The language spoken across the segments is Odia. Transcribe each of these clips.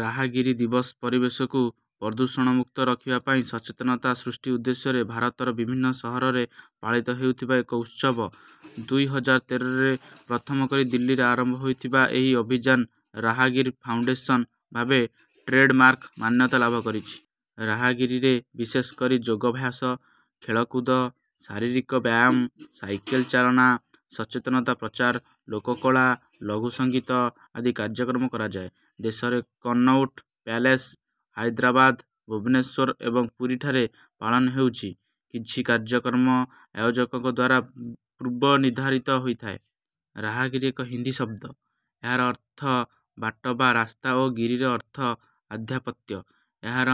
ରାହାଗିରି ଦିବସ ପରିବେଶକୁ ପ୍ରଦୂଷଣମୁକ୍ତ ରଖିବା ପାଇଁ ସଚେତନତା ସୃଷ୍ଟି ଉଦ୍ଦେଶ୍ୟରେ ଭାରତର ବିଭିନ୍ନ ସହରରେ ପାଳିତ ହେଉଥିବା ଏକ ଉତ୍ସବ। ଦୁଇ ହଜାର ତେରରେ ପ୍ରଥମ କରି ଦିଲ୍ଲୀରେ ଆରମ୍ଭ ହୋଇଥିବା ଏହି ଅଭିଯାନ ରାହାଗିରି ଫାଉଣ୍ଡେସନ ଭାବେ ଟ୍ରେଡ଼ମାର୍କ ମାନ୍ୟତା ଲାଭ କରିଛି। ରାହାଗିରିରେ ବିଶେଷ କରି ଯୋଗାଭ୍ୟାସ, ଖେଳକୁଦ, ଶାରୀରିକ ବ୍ୟାୟାମ, ସାଇକେଲ ଚାଳନା, ସଚେତନତା ପ୍ରଚାର, ଲୋକକଳା, ଲଘୁ ସଙ୍ଗୀତ ଆଦି କାର୍ଯ୍ୟକ୍ରମ କରାଯାଏ। ଦେଶରେ କନଉଟ ପ୍ୟାଲେସ୍, ହାଇଦ୍ରାବାଦ, ଭୁବନେଶ୍ୱର ଏବଂ ପୁରୀଠାରେ ପାଳନ ହେଉଛି। କିଛି କାର୍ଯ୍ୟକ୍ରମ ଆୟୋଜକଙ୍କ ଦ୍ୱାରା ପୂର୍ବ ନିର୍ଦ୍ଧାରିତ ହୋଇଥାଏ। ରାହା-ଗିରି ଏକ ହିନ୍ଦୀ ଶବ୍ଦ; ରାହାର ଅର୍ଥ ବାଟ ବା ରାସ୍ତା ଓ ଗିରିର ଅର୍ଥ ଆଧିପତ୍ୟ। ଏହାର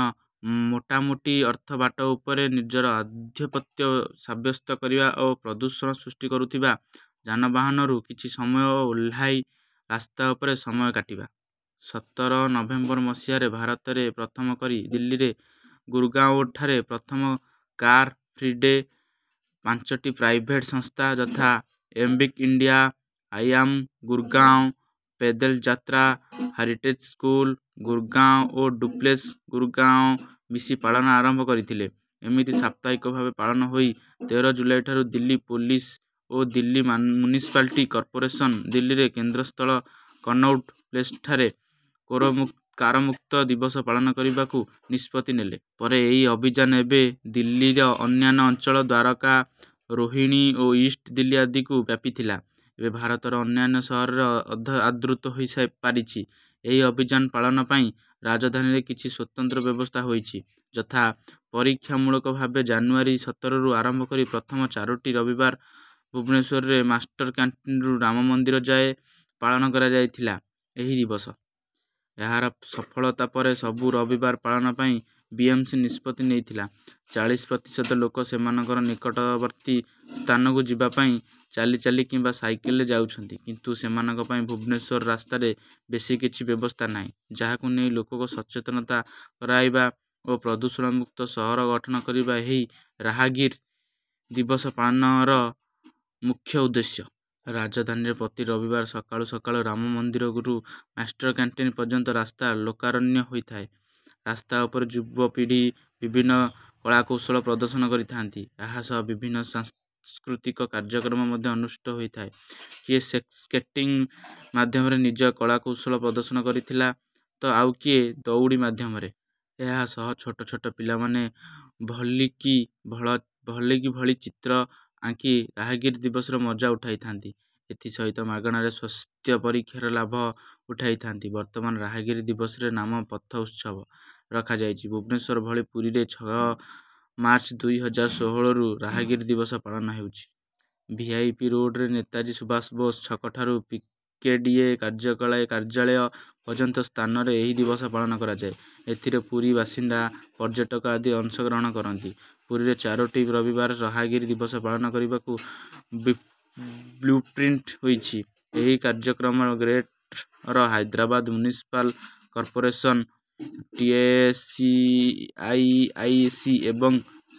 ମୋଟାମୋଟି ଅର୍ଥ ବାଟ ଉପରେ ନିଜର ଆଧିପତ୍ୟ ସାବ୍ୟସ୍ତ କରିବା ଓ ପ୍ରଦୂଷଣ ସୃଷ୍ଟି କରୁଥିବା ଯାନବାହନରୁ କିଛି ସମୟ ଓହ୍ଲାଇ ରାସ୍ତା ଉପରେ ସମୟ କାଟିବା। ସତର ନଭେମ୍ବର ମସିହାରେ ଭାରତରେ ପ୍ରଥମ କରି ଦିଲ୍ଲୀର ଗୁରଗାଁଓଠାରେ ପ୍ରଥମ କାର-ଫ୍ରି ଡେ ପାଞ୍ଚଟି ପ୍ରାଇଭେଟ୍ ସଂସ୍ଥା, ଯଥା: Embark India, I am Gurgaon, pedal Yatri, heritage school Gurgaon ଓ ଡୁପ୍ଲେଜ ଗୁରଗାଁଓ ମିଶି ପାଳନ ଆରମ୍ଭ କରିଥିଲେ। ଏମିତି ସାପ୍ତାହିକ ଭାବେ ପାଳନ ହୋଇ ତେର ଜୁଲାଇଠାରୁ ଦିଲ୍ଲୀ ପୁଲିସ ଓ ଦିଲ୍ଲୀ ମ୍ୟୁନିସିପାଲ କର୍ପୋରେସନ ଦିଲ୍ଲୀର କେନ୍ଦ୍ରସ୍ଥଳ କନଉଟ ପ୍ଲେସଠାରେ କୋର କାରମୁକ୍ତ ଦିବସ ପାଳନ କରିବାକୁ ନିଷ୍ପତ୍ତି ନେଲେ। ପରେ ଏହି ଅଭିଯାନ ଏବେ ଦିଲ୍ଲୀର ଅନ୍ୟାନ୍ୟ ଅଞ୍ଚଳ ଦ୍ୱାରକା, ରୋହିଣୀ ଓ ଇଷ୍ଟ ଦିଲ୍ଲୀ ଆଦିକୁ ବ୍ୟାପିଥିଲା। ଏବେ ଭାରତର ଅନ୍ୟାନ୍ୟ ସହରରେ ମଧ୍ୟ ଆଦୃତ ହୋଇପାରିଛି। ଏହି ଅଭିଯାନ ପାଳନ ପାଇଁ ରାଜଧାନୀରେ କିଛି ସ୍ୱତନ୍ତ୍ର ବ୍ୟବସ୍ଥା ହୋଇଛି; ଯଥା: ପରୀକ୍ଷାମୂଳକ ଭାବେ ଜାନୁଆରୀ ସତରରୁ ଆରମ୍ଭ କରି ପ୍ରଥମ ଚାରୋଟି ରବିବାର ଭୁବନେଶ୍ୱର ମାଷ୍ଟରକ୍ୟାଣ୍ଟିନରୁ ରାମ ମନ୍ଦିର ଯାଏଁ ପାଳନ କରାଯାଇଥିଲା ଏହି ଦିବସ। ଏହାର ସଫଳତା ପରେ ସବୁ ରବିବାର ପାଳନ ପାଇଁ ବିଏମସି ନିଷ୍ପତ୍ତି ନେଇଥିଲା। ଚାଳିଶି ପ୍ରତିଶତ ଲୋକ ସେମାନଙ୍କର ନିକଟବର୍ତ୍ତୀ ସ୍ଥାନକୁ ଯିବା ପାଇଁ ଚାଲିଚାଲି କିମ୍ବା ସାଇକେଲରେ ଯାଉଛନ୍ତି। କିନ୍ତୁ ସେମାନଙ୍କ ପାଇଁ ଭୁବନେଶ୍ୱର ରାସ୍ତାରେ ବେଶୀ କିଛି ବ୍ୟବସ୍ଥା ନାହିଁ। ଯାହାକୁ ନେଇ ଲୋକଙ୍କୁ ସଚେତନ କରାଇବା ଓ ପ୍ରଦୂଷଣମୁକ୍ତ ସହର ଗଠନ କରିବା ଏହି ରାହାଗିରି ଦିବସ ପାଳନର ମୁଖ୍ୟ ଉଦ୍ଦେଶ୍ୟ। ରାଜଧାନୀରେ ପ୍ରତି ରବିବାର ସକାଳୁ ସକାଳୁ ରାମମନ୍ଦିରରୁ ମାଷ୍ଟରକ୍ୟାଣ୍ଟିନ ପର୍ଯ୍ୟନ୍ତ ରାସ୍ତା ଲୋକାରଣ୍ୟ ହୋଇଥାଏ। ରାସ୍ତା ଉପରେ ଯୁବପିଢ଼ି ବିଭିନ୍ନ କଳାକୌଶଳ ପ୍ରଦର୍ଶନ କରିଥାନ୍ତି। ଏହାସହ ବିଭିନ୍ନ ସାଂସ୍କୃତିକ କାର୍ଯ୍ୟକ୍ରମ ମଧ୍ୟ ଅନୁଷ୍ଠିତ ହୋଇଥାଏ। କିଏ ସ୍କେଟିଂ ମାଧ୍ୟମରେ ନିଜ କଳାକୌଶଳ ପ୍ରଦର୍ଶନ କରିଥିଲା ତ ଆଉ କିଏ ଦଉଡ଼ି ମାଧ୍ୟମରେ। ଏହାସହ ଛୋଟ ଛୋଟ ପିଲାମାନେ ଭଲିକି ଭଳିକି ଭଳି ଚିତ୍ର ଆଙ୍କି ରାହାଗିରି ଦିବସର ମଜା ଉଠାଇଥାନ୍ତି। ଏଥି ସହିତ ମାଗଣାରେ ସ୍ୱାସ୍ଥ୍ୟ ପରୀକ୍ଷାର ଲାଭ ଉଠାଇଥାନ୍ତି। ବର୍ତ୍ତମାନ ରାହାଗିରି ଦିବସର ନାମ 'ପଥ ଉତ୍ସବ' ରଖାଯାଇଛି। ଭୁବନେଶ୍ୱର ଭଳି ପୁରୀରେ ଛଅ ମାର୍ଚ୍ଚ ଦୁଇ ହଜାର ଷୋହଳରୁ ରାହାଗିରି ଦିବସ ପାଳନ ହେଉଛି। ଭିଆଇପି ରୋଡ଼ର ନେତାଜୀ ସୁବାଷ ବୋଷ ଛକଠାରୁ ପିକେଡିଏ କାର୍ଯ୍ୟାଳୟ ପର୍ଯ୍ୟନ୍ତ ସ୍ଥାନରେ ଏହି ଦିବସ ପାଳନ କରାଯାଏ। ଏଥିରେ ପୁରୀ ବାସିନ୍ଦା, ପର୍ଯ୍ୟଟକ ଆଦି ଅଂଶଗ୍ରହଣ କରନ୍ତି। ପୁରୀରେ ଚାରୋଟି ରବିବାର ରାହାଗିରି ଦିବସ ପାଳନ କରିବାକୁ ବ୍ଲୁପ୍ରିଣ୍ଟ ହୋଇଛି। ଏହି କାର୍ଯ୍ୟକ୍ରମ greater Hyderabad municipal corporation, TSIIC ଏବଂ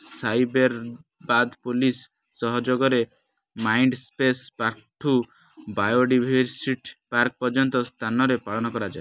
ସାଇବରାବାଦ ପୁଲିସ ସହଯୋଗରେ ମାଇଣ୍ଡସ୍ପେଶ ପାର୍କଠୁ ବାୟୋଡାଇଭରସିଟି ପାର୍କ ପର୍ଯ୍ୟନ୍ତ ସ୍ଥାନରେ ପାଳନ କରାଯାଏ।